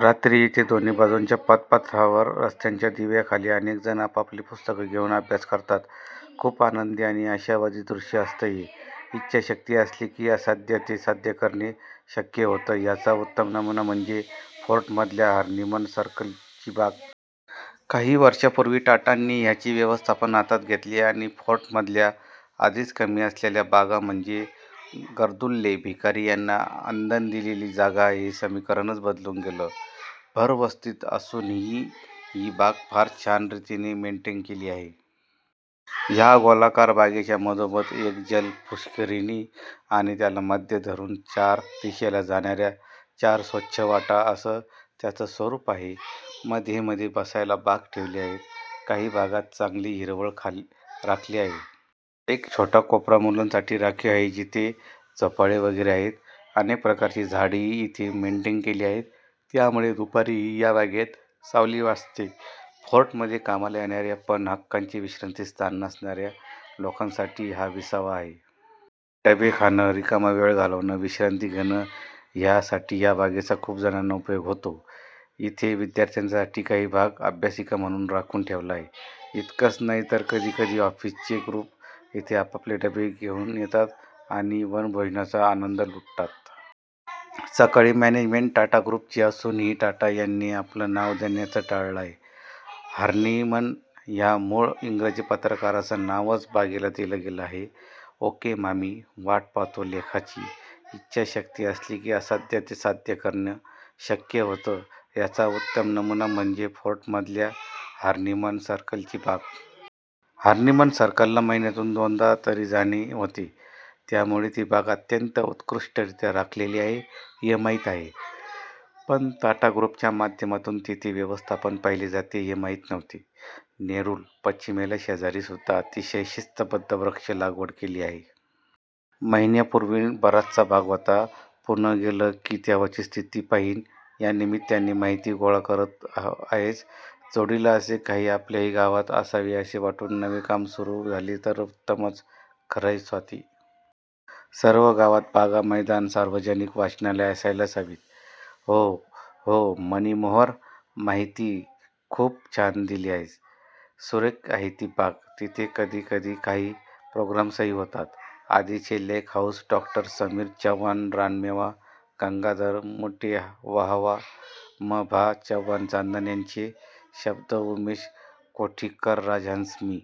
रात्री इथे दोन्ही बाजूच्या पदपथांवर रस्त्याच्या दिव्यांखाली अनेक जण आपापली पुस्तकं घेऊन अभ्यास करतात. खूप आनंदी आणि आशावादी दृश्य असतं हे. इच्छा शक्ती असली की असाध्य ते साध्य करणं शक्य होतं ह्याचा उत्तम नमुना म्हणजे फोर्ट मधल्या हर्निमन सर्कल ची बाग. काही वर्षांपूर्वी टाटांनी ह्याचे व्यवस्थापन हातात घेतले आणि फोर्ट मधल्या आधीच कमी असलेल्या बागा म्हणजे गर्दुल्ले, भिकारी ह्यांना आंदण दिलेली जागा हे समीकरणच बदलून गेलं. भर वस्तीत असून ही ही बाग फार छान रीतीने मेंटेन केली आहे. ह्या गोलाकार बागेच्या मघोमध एक जल पुष्करीणी, आणि त्याला मध्य धरून चार दिशेला जाणाऱ्या चार स्वच्छ वाटा अस त्याच स्वरूप आहे. मध्ये मध्ये बसायला बाक ठेवली आहेत. काही भागात चांगली हिरवळ राखली आहे. एक छोटा कोपरा मुलांसाठी राखीव आहे जिथे झोपाळे वैगेरे आहेत. अनेक प्रकारची झाड ही इथे मेंटेन केली आहेत त्यामुळे दुपारी ही ह्या बागेत सावली असते. फोर्ट मध्ये कामाला येणाऱ्या पण हक्काचे विश्रांती स्थान नसणाऱ्या लोकांसाठी हा विसावा आहे. डबे खाणं, रिकामा वेळ घालवणं, विश्रांती घेणं ह्या साठी ह्या बागेचा खूप जणांना उपयोग होतो. इथे विद्यार्थ्यांसाठी काही भाग अभ्यासिका म्हणून राखुन ठेवला आहे. इतकच नाही तर कधी कधी ऑफिसचे गृप इथे आपापले डबे घेऊन येतात आणि वनभोजनाचा आनन्द लुटतात. सगळी मॅनेजमेंट टाटा गृप ची असून ही टाटा यांनी आपलं नाव देण्याचं टाळलं आहे. हर्निमन ह्या मूळ इंग्रजी पत्रकारचं नाव च बागेला दिलं गेलं आहे. ओके मामी. वाट पाहतो लेखाची. इच्छा शक्ती असली की असाध्य ते साध्य करणं शक्य होतं ह्याचा उत्तम नमुना म्हणजे फोर्ट मधल्या हर्निमन सर्कल ची बाग. हॉर्निमन सर्कलला महिन्यातून दोनदा तरी जाणे होते. त्यामुळे ती बाग अतंत्य उत्कृष्टरीत्या राखलेली आहे हे माहित आहे. पण टाटा ग्रुपच्या माध्यमातून तिथे व्यवस्थापन पाहिले जाते हे माहित नव्हते. नेरूल. पश्चिमेला शेजारी सुद्धा अतिशय शिस्तबद्ध वृक्ष लागवड केली आहे. महिन्यांपूर्वी बराचसा भाग. होता. पुनः गेले की तेव्हाची स्थिती पाहिन. या निमित्ताने माहिती गोळा होते आहेच. जोडीला असे काही आपल्याही गावात असावे असे वाटून नवे काम सुरु झाले तर उत्तमच! >> खरंय स्वाती. सर्व गावात बागा, मैदानं, सार्वजनिक वाचनालयं असायलाच हवीत. हो हो मनीमोहर. माहिती खूप छान दिली आहेस. सुरेख आहे ती बाग. तिथे कधी कधी काही प्रोग्रॅम्सही होतात. आधीचे लेखःहौस डॉ. समीर चव्हाणरानमेवा गंगाधर मुटेवाहवा म भा चव्हाणचांदण्यांचे शब्द उमेश कोठीकरराजहंस मी